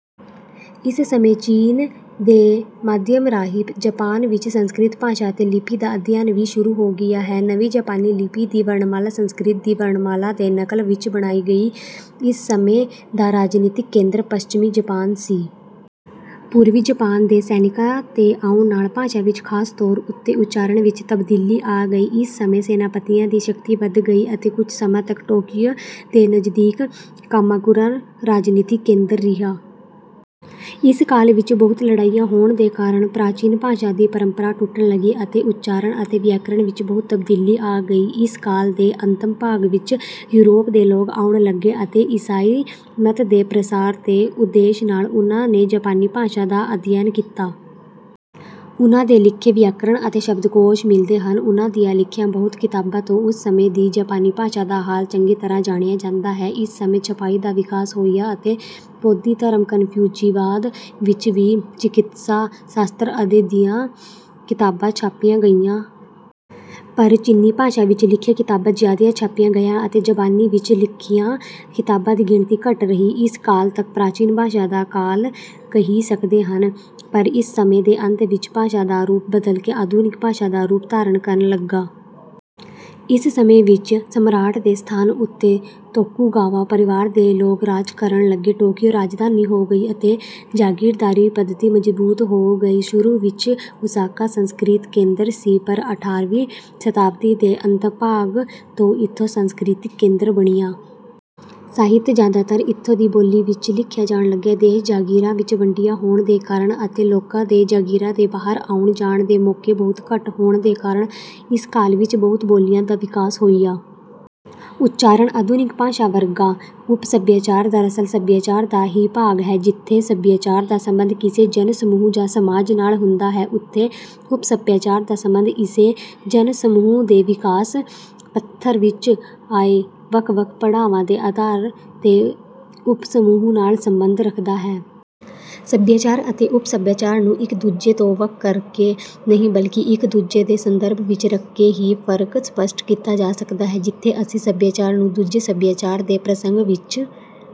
ਇਸ ਸਮੇਂ ਚੀਨ ਦੇ ਮਾਧਿਅਮ ਰਾਹੀਂ ਜਾਪਾਨ ਵਿੱਚ ਸੰਸਕ੍ਰਿਤ ਭਾਸ਼ਾ ਅਤੇ ਲਿਪੀ ਦਾ ਅਧਿਅਨ ਵੀ ਸ਼ੁਰੂ ਹੋ ਗਿਆ ਸੀ। ਨਵੀਂ ਜਾਪਾਨੀ ਲਿਪੀ ਦੀ ਵਰਨਮਾਲਾ ਸੰਸਕ੍ਰਿਤ ਦੀ ਵਰਨਮਾਲਾ ਦੇ ਨਕਲ ਵਿੱਚ ਬਣਾਈ ਗਈ। ਇਸ ਸਮੇਂ ਦਾ ਰਾਜਨੀਤਕ ਕੇਂਦਰ ਪੱਛਮੀ ਜਾਪਾਨ ਸੀ। ਪੂਰਵੀ ਜਾਪਾਨ ਦੇ ਸੈਨਿਕਾਂ ਦੇ ਆਉਣ ਨਾਲ ਭਾਸ਼ਾ ਵਿੱਚ ਖਾਸ ਤੌਰ ਉੱਤੇ ਉੱਚਾਰਣ ਵਿੱਚ ਤਬਦੀਲੀ ਆ ਗਈ। ਇਸ ਸਮੇਂ ਸੈਨਾਪਤੀਆਂ ਦੀ ਸ਼ਕਤੀ ਵੱਧ ਗਈ ਅਤੇ ਕੁੱਝ ਸਮਾਂ ਤੱਕ ਟੋਕੀਉ ਦੇ ਨਜ਼ਦੀਕ ਕਾਮਾਕੁਰਾ ਰਾਜਨੀਤਕ ਕੇਂਦਰ ਰਿਹਾ। ਇਸ ਕਾਲ ਵਿੱਚ ਬਹੁਤ ਲੜਾਈਆਂ ਹੋਣ ਦੇ ਕਾਰਨ ਪ੍ਰਾਚੀਨ ਭਾਸ਼ਾ ਦੀ ਪਰੰਪਰਾ ਟੁੱਟਣ ਲੱਗੀ ਅਤੇ ਉੱਚਾਰਨ ਅਤੇ ਵਿਆਕਰਨ ਵਿੱਚ ਬਹੁਤ ਤਬਦੀਲੀ ਆ ਗਈ। ਇਸ ਕਾਲ ਦੇ ਅੰਤਮ ਭਾਗ ਵਿੱਚ ਯੂਰਪ ਦੇ ਲੋਕ ਆਉਣ ਲੱਗੇ ਅਤੇ ਈਸਾਈ ਮਤ ਦੇ ਪ੍ਰਸਾਰ ਦੇ ਉਦੇਸ਼ ਨਾਲ ਉਨ੍ਹਾਂ ਨੇ ਜਾਪਾਨੀ ਭਾਸ਼ਾ ਦਾ ਅਧਿਅਨ ਕੀਤਾ। ਉਨ੍ਹਾਂ ਦੇ ਲਿਖੇ ਵਿਆਕਰਨ ਅਤੇ ਸ਼ਬਦਕੋਸ਼ ਮਿਲਦੇ ਹਨ। ਉਨ੍ਹਾਂ ਦੀਆਂ ਲਿਖੀਆਂ ਬਹੁਤ ਕਿਤਾਬਾਂ ਤੋਂ ਉਸ ਸਮੇਂ ਦੀ ਜਾਪਾਨੀ ਭਾਸ਼ਾ ਦਾ ਹਾਲ ਚੰਗੀ ਤਰ੍ਹਾਂ ਜਾਣਿਆ ਜਾਂਦਾ ਹੈ। ਇਸ ਸਮੇਂ ਛਪਾਈ ਦਾ ਵਿਕਾਸ ਹੋਇਆ ਅਤੇ ਬੋਧੀ ਧਰਮ, ਕਨਫਿਊਚੀਵਾਦ, ਵਿੱਚ ਵੀ ਚਿਕਿਤਸਾ ਸ਼ਾਸਤਰ ਆਦਿ ਦੀਆਂ ਕਿਤਾਬਾਂ ਛਾਪੀਆਂ ਗਈਆਂ। ਪਰ ਚੀਨੀ ਭਾਸ਼ਾ ਵਿੱਚ ਲਿਖੀਆਂ ਕਿਤਾਬਾਂ ਜਿਆਦਾ ਛਾਪੀਆਂ ਗਈਆਂ ਅਤੇ ਜਾਪਾਨੀ ਵਿੱਚ ਲਿਖੀਆਂ ਕਿਤਾਬਾਂ ਦੀ ਗਿਣਤੀ ਘੱਟ ਰਹੀ। ਇਸ ਕਾਲ ਤੱਕ ਪ੍ਰਾਚੀਨ ਭਾਸ਼ਾ ਦਾ ਕਾਲ ਕਹਿ ਸਕਦੇ ਹਨ। ਪਰ ਇਸ ਸਮੇਂ ਦੇ ਅੰਤ ਵਿੱਚ ਭਾਸ਼ਾ ਦਾ ਰੂਪ ਬਦਲਕੇ ਆਧੁਨਿਕ ਭਾਸ਼ਾ ਦਾ ਰੂਪ ਧਾਰਨ ਕਰਨ ਲਗਾ। ਇਸ ਸਮੇਂ ਵਿੱਚ ਸਮਰਾਟ ਦੇ ਸਥਾਨ ਉੱਤੇ ਤੋਕੁਗਾਵਾ ਪਰਵਾਰ ਦੇ ਲੋਕ ਰਾਜ ਕਰਨ ਲੱਗੇ, ਟੋਕੀਉ ਰਾਜਧਾਨੀ ਹੋ ਗਿਆ ਅਤੇ ਜਾਗੀਰਦਾਰੀ ਪੱਧਤੀ ਮਜ਼ਬੂਤ ਹੋ ਗਈ। ਸ਼ੁਰੂ ਵਿੱਚ ਓਸਾਕਾ ਸਾਂਸਕ੍ਰਿਤਕ ਕੇਂਦਰ ਸੀ ਪਰ ਅਠਾਰਵੀਂ ਸ਼ਤਾਬਦੀ ਦੇ ਅੰਤਮ ਭਾਗ ਤੋਂ ਏਦੋ ਸਾਂਸਕ੍ਰਿਤਕ ਕੇਂਦਰ ਬਣਿਆ। ਸਾਹਿਤ ਜਿਆਦਾਤਰ ਏਦੋ ਦੀ ਬੋਲੀ ਵਿੱਚ ਹੀ ਲਿਖਿਆ ਜਾਣ ਲਗਾ। ਦੇਸ਼ ਜਾਗੀਰਾਂ ਵਿੱਚ ਵੰਡਿਆ ਹੋਣ ਦੇ ਕਾਰਨ ਅਤੇ ਲੋਕਾਂ ਦੇ ਜਾਗੀਰਾਂ ਦੇ ਬਾਹਰ ਆਉਣ ਜਾਣ ਦੇ ਮੌਕੇ ਬਹੁਤ ਘੱਟ ਹੋਣ ਦੇ ਕਾਰਨ ਇਸ ਕਾਲ ਵਿੱਚ ਬਹੁਤ ਬੋਲੀਆਂ ਦਾ ਵਿਕਾਸ ਹੋਇਆ। ਉੱਚਾਰਣ ਆਧੁਨਿਕ ਭਾਸ਼ਾ ਵਰਗਾ। ਉਪ ਸਭਿਆਚਾਰ ਦਰਅਸਲ ਸਭਿਆਚਾਰ ਦਾ ਹੀ ਭਾਗ ਹੈ। ਜਿੱਥੇ ਸਭਿਆਚਾਰ ਦਾ ਸਬੰਧ ਕਿਸੇ ਜਨ-ਸਮੂਹ ਜਾਂ ਸਮਾਜ ਨਾਲ ਹੁੰਦਾ ਹੈ ਉੱਥੇ ਉਪ-ਸਭਿਆਚਾਰ ਦਾ ਸਬੰਧ ਇਸੇ ਜਨ-ਸਮੂਹ ਦੇ ਵਿਕਾਸ ਪੱਧਰ ਵਿੱਚ ਆਏ, ਵੱਖ-ਵੱਖ ਪੜਾਵਾਂ ਦੇ ਆਧਾਰ ਤੇ ਉਪ-ਸਮੂਹਾਂ ਨਾਲ ਸਬੰਧ ਰੱਖਦਾ ਹੈ। ਸਭਿਆਚਾਰ ਅਤੇ ਉਪ-ਸਭਿਆਚਾਰ ਨੂੰ ਇਕ ਦੂਜੇ ਤੋਂ ਵੱਖ ਕਰਕੇ ਨਹੀਂ ਬਲਕਿ ਇਕ ਦੂਸਰੇ ਦੇ ਸੰਦਰਭ ਵਿੱਚ ਰੱਖਕੇ ਹੀ ਫਰਕ ਸਪੱਸ਼ਟ ਕੀਤਾ ਜਾ ਸਕਦਾ ਹੈ। ਜਿੱਥੇ ਅਸੀਂ ਇਕ ਸਭਿਆਚਾਰ ਨੂੰ ਦੂਜੇ ਸਭਿਆਚਾਰ ਦੇ ਪ੍ਰਸੰਗ ਵਿੱਚ